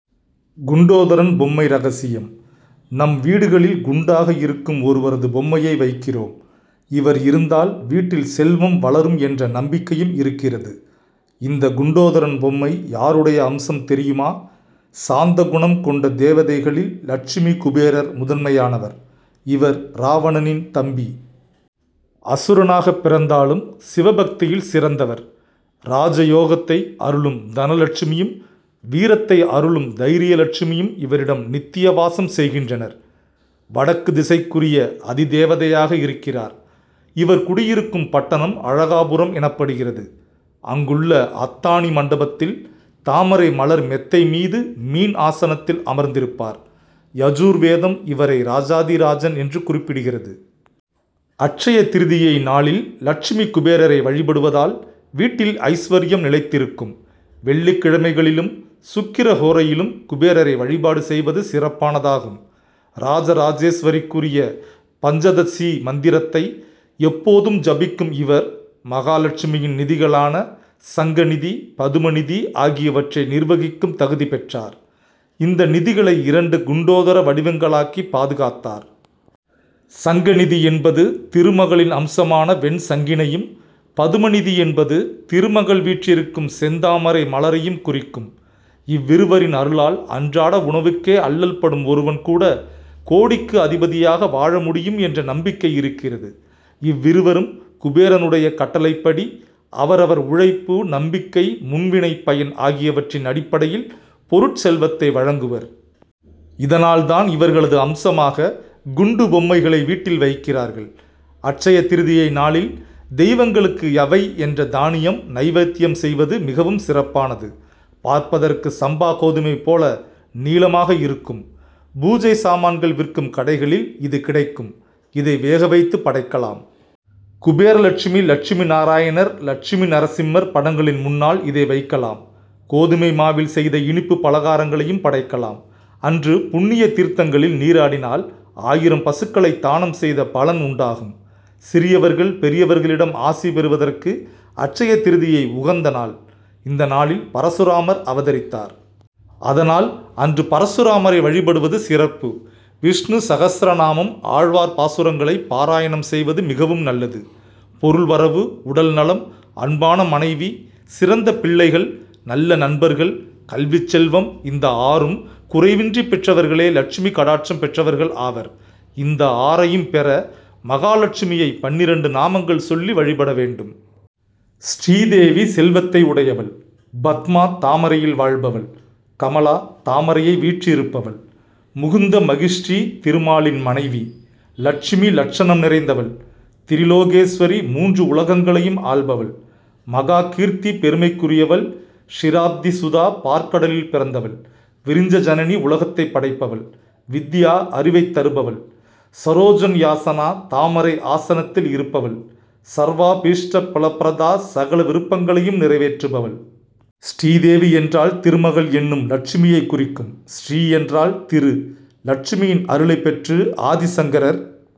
குண்டோதரன் பொம்மை ரகசியம் நம் வீடுகளில் குண்டாக இருக்கும் ஒருவரது பொம்மையை வைக்கிறோம். இவர் இருந்தால் வீட்டில் செல்வம் வளரும் என்ற நம்பிக்கையும் இருக்கிறது. இந்த குண்டோதரன் பொம்மை யாருடைய அம்சம் தெரியுமா? சாந்தகுணம் கொண்ட தேவதைகளில் லட்சுமி குபேரர் முதன்மையானவர். இவர் ராவணனின் தம்பி. அசுரனாகப் பிறந்தாலும் சிவபக்தியில் சிறந்தவர். ராஜயோகத்தை அருளும் தனலட்சுமியும் வீரத்தை அருளும் தைரியலட்சுமியும் இவரிடம் நித்யவாசம் செய்கின்றனர். வடக்கு திசைக்குரிய அதிதேவதையாக இருக்கிறார். இவர் குடியிருக்கும் பட்டணம் அழகாபுரம் எனப்படுகிறது. அங்குள்ள அத்தாணி மண்டபத்தில் தாமரைமலர் மெத்தை மீது மீன் ஆசனத்தில் அமர்ந்திருப்பார். யஜுர்வேதம் இவரை ராஜாதிராஜன் என்று குறிப்பிடுகிறது. அட்சயதிரிதியை நாளில் லட்சுமி குபேரரை வழிபடுவதால் வீட்டில் ஐஸ்வர்யம் நிலைத்திருக்கும். வெள்ளிக்கிழமையிலும் சுக்கிரஹோரையிலும் குபேரரை வழிபாடு செய்வது சிறப்பானதாகும். ராஜராஜேஸ்வரிக்குரிய பஞ்சதசீ மந்திரத்தை எப்போதும் ஜபிக்கும் இவர் மகாலட்சுமியின் நிதிகளான சங்கநிதி பதுமநிதி ஆகியவற்றை நிர்வகிக்கும் தகுதி பெற்றார். இந்த நிதிகளை இரண்டு குண்டோதர வடிவங்களாக்கி பாதுகாத்தார். சங்கநிதி என்பது திருமகளின் அம்சமான வெண்சங்கினையும் பதுமநிதி என்பது திருமகள் வீற்றிருக்கும் செந்தாமரை மலரையும் குறிக்கும். இவ்விருவரின் அருளால் அன்றாட உணவுக்கே அல்லல்படும் ஒருவன் கூட கோடிக்கு அதிபதியாக வாழ முடியும் என்ற நம்பிக்கை இருக்கிறது. இவ்விருவரும் குபேரனுடைய கட்டளைப்படி அவரவர் உழைப்பு நம்பிக்கை முன்வினைப்பயன் ஆகியவற்றின் அடிப்படையில் பொருட் செல்வத்தை வழங்குவர். இதனால் தான் இவர்களது அம்சமாக குண்டு பொம்மைகளை வீட்டில் வைக்கிறார்கள். அட்சயதிரிதியை நாளில் தெய்வங்களுக்கு யவை என்ற தானியம் நைவேத்யம் செய்வது மிகவும் சிறப்பானது. பார்ப்பதற்கு சம்பா கோதுமை போல நீளமாக இருக்கும். பூஜை சாமான்கள் விற்கும் கடைகளில் இது கிடைக்கும். இதை வேக வைத்து படைக்கலாம். குபேரலட்சுமி லட்சுமி நாராயணர் லட்சுமி நரசிம்மர் படங்களின் முன்னால் இதை வைக்கலாம். கோதுமை மாவில் செய்த இனிப்பு பலகாரங்களையும் படைக்கலாம். அன்று புண்ணிய தீர்த்தங்களில் நீராடினால் ஆயிரம் பசுக்களைத் தானம் செய்த பலன் உண்டாகும். சிறியவர்கள் பெரியவர்களிடம் ஆசி பெறுவதற்கு அட்சயதிரிதியை உகந்த நாள். இந்த நாளில் பரசுராமர் அவதரித்தார். அதனால் அன்று பரசுராமரை வழிபடுவது சிறப்பு. விஷ்ணு சகஸ்ரநாமம் ஆழ்வார் பாசுரங்களைப் பாராயணம் செய்வது மிகவும் நல்லது. பொருள்வரவு உடல்நலம் அன்பான மனைவி சிறந்த பிள்ளைகள் நல்ல நண்பர்கள் கல்விச்செல்வம் இந்த ஆறும் குறைவின்றி பெற்றவர்களே லட்சுமி கடாட்சம் பெற்றவர்கள் ஆவர். இந்த ஆறையும் பெற மகாலட்சுமியை பன்னிரண்டு நாமங்கள் சொல்லி வழிபட வேண். ஸ்ரீதேவி செல்வத்தை உடையவள் பத்மா தாமரையில் வாழ்பவள் கமலா தாமரையை வீற்றிருப்பவள் முகுந்த மஹிஷீ திருமாலின் மனைவி லட்சுமி லட்சணம் நிறைந்தவள் திரிலோகேஸ்வரி மூன்று உலகங்களையும் ஆள்பவள் மகாகீர்த்தி பெருமைக்குரியவள் க்ஷிராப்திஸுதா பாற்கடலில் பிறந்தவள் விரிஞ்சஜனனி உலகத்தைப் படைப்பவள் வித்யா அறிவைத் தருபவள் ஸரோஜன்யாசனா தாமரை ஆசனத்தில் இருப்பவள் ஸர்வாபீஷ்டபலப்ரதா சகல விருப்பங்களையும் நிறைவேற்றுபவள். ஸ்ரீதேவி என்றால் திருமகள் என்னும் லட்சுமியைக் குறிக்கும். ஸ்ரீ என்றால் திரு. லட்சுமியின் அருளைப் பெற்று ஆதிசங்கரர்